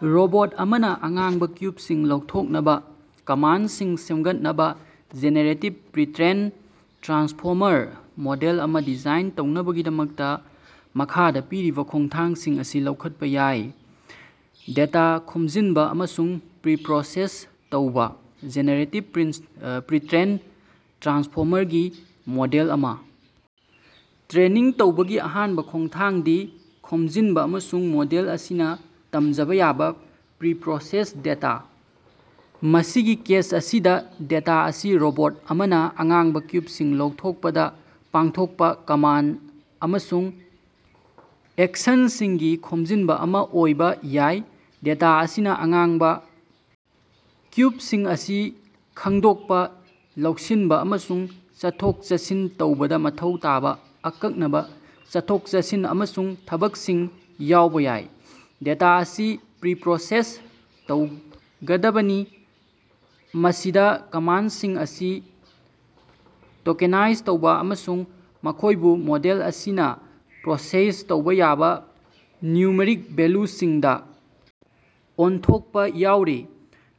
Robot ꯑꯃꯅ ꯑꯉꯥꯡꯕ ꯀ꯭ꯌꯨꯕꯁꯤꯡ ꯂꯧꯊꯣꯛꯅꯕꯥ ꯀꯃꯥꯟꯗꯁꯤꯡ ꯁꯦꯝꯒꯠꯅꯕꯥ ꯖꯦꯅꯦꯔꯦꯇꯤꯞ ꯄ꯭ꯔꯤꯇ꯭ꯔꯦꯟ ꯇ꯭ꯔꯥꯟꯁꯐꯣꯔꯃꯔ ꯃꯣꯗꯦꯜ ꯑꯃ ꯗꯤꯖꯥꯏꯟ ꯇꯧꯅꯕꯒꯤꯗꯃꯛꯇ ꯃꯈꯥꯗ ꯄꯤꯔꯤꯕ ꯈꯣꯡꯊꯥꯡꯁꯤꯡ ꯑꯁꯤ ꯂꯧꯈꯠꯄ ꯌꯥꯏ - ꯗꯦꯇꯥ ꯈꯣꯝꯖꯤꯟꯕ ꯑꯃꯁꯨꯡ ꯄ꯭ꯔꯤꯄꯔꯣꯁꯦꯁ ꯇꯧꯕ - ꯖꯦꯅꯦꯔꯦꯇꯤꯞ ꯄ꯭ꯔꯤꯇ꯭ꯔꯦꯟ ꯇ꯭ꯔꯥꯟꯁꯐꯣꯔꯃꯔ ꯒꯤ ꯃꯣꯗꯦꯜ ꯑꯃ ꯇ꯭ꯔꯦꯅꯤꯡ ꯇꯧꯕꯒꯤ ꯑꯍꯥꯟꯕ ꯈꯣꯡꯊꯥꯡꯗꯤ ꯈꯣꯝꯖꯤꯟꯕ ꯑꯃꯁꯨꯡ ꯃꯣꯗꯦꯜ ꯑꯁꯤꯅ ꯇꯝꯖꯕꯥ ꯌꯥꯕ ꯄ꯭ꯔꯤꯄꯔꯣꯁꯦꯁ ꯗꯦꯇꯥ꯫ ꯃꯁꯤꯒꯤ ꯀꯦꯁ ꯑꯁꯤꯗ ꯗꯦꯇꯥ ꯑꯁꯤ ꯔꯣꯕꯣꯠ ꯑꯃꯅ ꯑꯉꯥꯡꯕ ꯀ꯭ꯌꯨꯕꯁꯤꯡ ꯂꯧꯊꯣꯛꯄꯗ ꯄꯥꯡꯊꯣꯛꯄ ꯀꯃꯥꯟꯗ ꯑꯃꯁꯨꯡ ꯑꯦꯛꯁꯟꯁꯤꯡꯒꯤ ꯈꯣꯝꯖꯤꯟꯕ ꯑꯃ ꯑꯣꯏꯕ ꯌꯥꯏ꯫ ꯗꯦꯇꯥ ꯑꯁꯤꯅ ꯑꯉꯥꯡꯕ ꯀ꯭ꯌꯨꯕꯁꯤꯡ ꯑꯁꯤ ꯈꯪꯗꯣꯛꯄ, ꯂꯧꯁꯤꯟꯕ ꯑꯃꯁꯨꯡ ꯆꯠꯊꯣꯛ-ꯆꯠꯁꯤꯟ ꯇꯧꯕꯗ ꯃꯊꯧ ꯇꯥꯕ ꯑꯀꯛꯅꯕ ꯆꯠꯊꯣꯛ-ꯆꯠꯁꯤꯟ ꯑꯃꯁꯨꯡ ꯊꯕꯛꯁꯤꯡ ꯌꯥꯎꯕ ꯌꯥꯏ꯫ ꯗꯦꯇꯥ ꯑꯁꯤ ꯄ꯭ꯔꯤꯄꯔꯣꯁꯦꯁ ꯇꯧꯒꯗꯕꯅꯤ, ꯃꯁꯤꯗ ꯀꯃꯥꯟꯗꯁꯤꯡ ꯑꯁꯤ ꯇꯣꯀꯦꯅꯥꯏꯖ ꯇꯧꯕ ꯑꯃꯁꯨꯡ ꯃꯈꯣꯏꯕꯨ ꯃꯣꯗꯦꯜ ꯑꯁꯤꯅ ꯄ꯭ꯔꯣꯁꯦꯁ ꯇꯧꯕ ꯌꯥꯕ ꯅ꯭ꯌꯨꯃꯔꯤꯛ ꯚꯦꯂ꯭ꯌꯨꯁꯤꯡꯗ ꯑꯣꯟꯊꯣꯛꯄ ꯌꯥꯎꯔꯤ꯫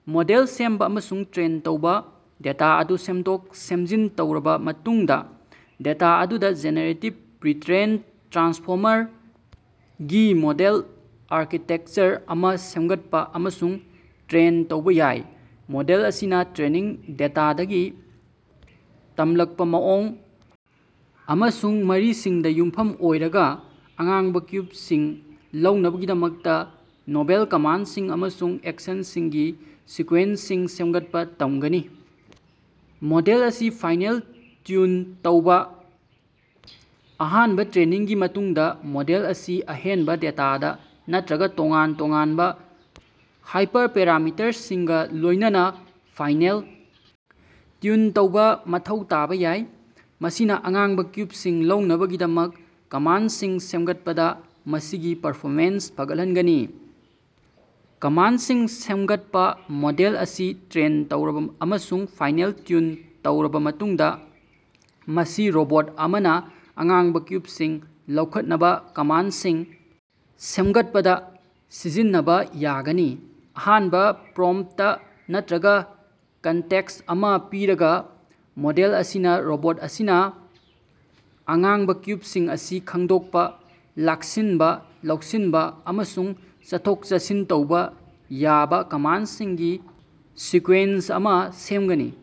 ꯃꯣꯗꯦꯜ ꯁꯦꯝꯕ ꯑꯃꯁꯨꯡ ꯇ꯭ꯔꯦꯟ ꯇꯧꯕ - ꯗꯦꯇꯥ ꯑꯗꯨ ꯁꯦꯝꯗꯣꯛ-ꯁꯦꯝꯖꯤꯟ ꯇꯧꯔꯕꯥ ꯃꯇꯨꯡꯗ, ꯗꯦꯇꯥ ꯑꯗꯨꯗ ꯖꯦꯅꯦꯔꯦꯇꯤꯞ ꯄ꯭ꯔꯤꯇ꯭ꯔꯦꯟ ꯇ꯭ꯔꯥꯟꯁꯐꯣꯔꯃꯔ ꯒꯤ ꯃꯣꯗꯦꯜ ꯑꯥꯔꯀꯤꯇꯦꯛꯆꯔ ꯑꯃ ꯁꯦꯝꯒꯠꯄ ꯑꯃꯁꯨꯡ ꯇ꯭ꯔꯦꯟ ꯇꯧꯕ ꯌꯥꯏ꯫ ꯃꯣꯗꯦꯜ ꯑꯁꯤꯅ ꯇ꯭ꯔꯦꯅꯤꯡ ꯗꯦꯇꯥꯗꯒꯤ ꯇꯝꯂꯛꯄ ꯃꯑꯣꯡ ꯑꯃꯁꯨꯡ ꯃꯔꯤꯁꯤꯡꯗ ꯌꯨꯝꯐꯝ ꯑꯣꯏꯔꯒꯥ, ꯑꯉꯥꯡꯕ ꯀ꯭ꯌꯨꯕꯁꯤꯡ ꯂꯧꯅꯕꯒꯤꯗꯃꯛꯇ ꯅꯣꯚꯦꯜ ꯀꯃꯥꯟꯗꯁꯤꯡ ꯑꯃꯁꯨꯡ ꯑꯦꯛꯁꯟꯁꯤꯡꯒꯤ ꯁꯤꯀ꯭ꯋꯦꯟꯁꯁꯤꯡ ꯁꯦꯝꯒꯠꯄ ꯇꯝꯒꯅꯤ꯫ ꯃꯣꯗꯦꯜ ꯑꯁꯤ ꯐꯥꯏꯅꯦꯜ ꯇ꯭ꯌꯨꯟ ꯇꯧꯕ - ꯑꯍꯥꯟꯚ ꯇ꯭ꯔꯦꯅꯤꯡꯒꯤ ꯃꯇꯨꯡꯗ, ꯃꯣꯗꯦꯜ ꯑꯁꯤ ꯑꯍꯦꯟꯕ ꯗꯦꯇꯥꯗ, ꯅꯠꯇꯔꯒ ꯇꯣꯉꯥꯟ ꯇꯣꯉꯥꯟꯕ ꯍꯥꯏꯄꯔꯄꯦꯔꯥꯃꯤꯇꯔꯁꯤꯡꯒ ꯂꯣꯏꯅꯅ ꯐꯥꯏꯅꯦꯜ ꯇ꯭ꯌꯨꯟ ꯇꯧꯕ ꯃꯊꯧ ꯇꯥꯕ ꯌꯥꯏ, ꯃꯁꯤꯅ ꯑꯉꯥꯡꯕ ꯀ꯭ꯌꯨꯕꯁꯤꯡ ꯂꯧꯅꯕꯒꯤꯗꯃꯛ ꯀꯃꯥꯟꯗꯁꯤꯡ ꯁꯦꯝꯒꯠꯄꯗ ꯃꯁꯤꯒꯤ ꯄꯔꯐꯣꯃꯦꯟꯁ ꯐꯒꯠꯍꯟꯒꯅꯤ꯫ ꯀꯃꯥꯟꯗꯁꯤꯡ ꯁꯦꯝꯒꯠꯄ - ꯃꯣꯗꯦꯜ ꯑꯁꯤ ꯇ꯭ꯔꯦꯟ ꯇꯧꯔꯕ ꯑꯃꯁꯨꯡ ꯐꯥꯏꯅꯦꯜ ꯇ꯭ꯌꯨꯟ ꯇꯧꯔꯕ ꯃꯇꯨꯡꯗ ꯃꯁꯤ ꯔꯣꯕꯣꯠ ꯑꯃꯅ ꯑꯉꯥꯡꯕ ꯀ꯭ꯌꯨꯕꯁꯤꯡ ꯂꯧꯈꯠꯅꯕꯥ ꯀꯃꯥꯟꯗꯁꯤꯡ ꯁꯦꯝꯒꯠꯄꯗ ꯁꯤꯖꯤꯟꯅꯕꯥ ꯌꯥꯒꯅꯤ꯫ ꯑꯍꯥꯟꯕ ꯄ꯭ꯔꯣꯝ꯭ꯞꯇ ꯅꯠꯇꯔꯒ ꯀꯟꯇꯦꯛꯁ ꯑꯃ ꯄꯤꯔꯒ, ꯃꯣꯗꯦꯜ ꯑꯁꯤꯅ ꯔꯣꯕꯣꯠ ꯑꯁꯤꯅ ꯑꯉꯥꯡꯕ ꯀ꯭ꯌꯨꯕꯁꯤꯡ ꯑꯁꯤ ꯈꯪꯗꯣꯛꯄ, ꯂꯥꯛꯁꯤꯟꯕ, ꯂꯧꯁꯤꯟꯕ ꯑꯃꯁꯨꯡ ꯆꯠꯊꯣꯛ-ꯆꯠꯁꯤꯟ ꯇꯧꯕ ꯌꯥꯕ ꯀꯃꯥꯟꯗꯁꯤꯡꯒꯤ ꯁꯤꯀ꯭ꯋꯦꯟꯁ ꯑꯃ ꯁꯦꯝꯒꯅꯤ꯫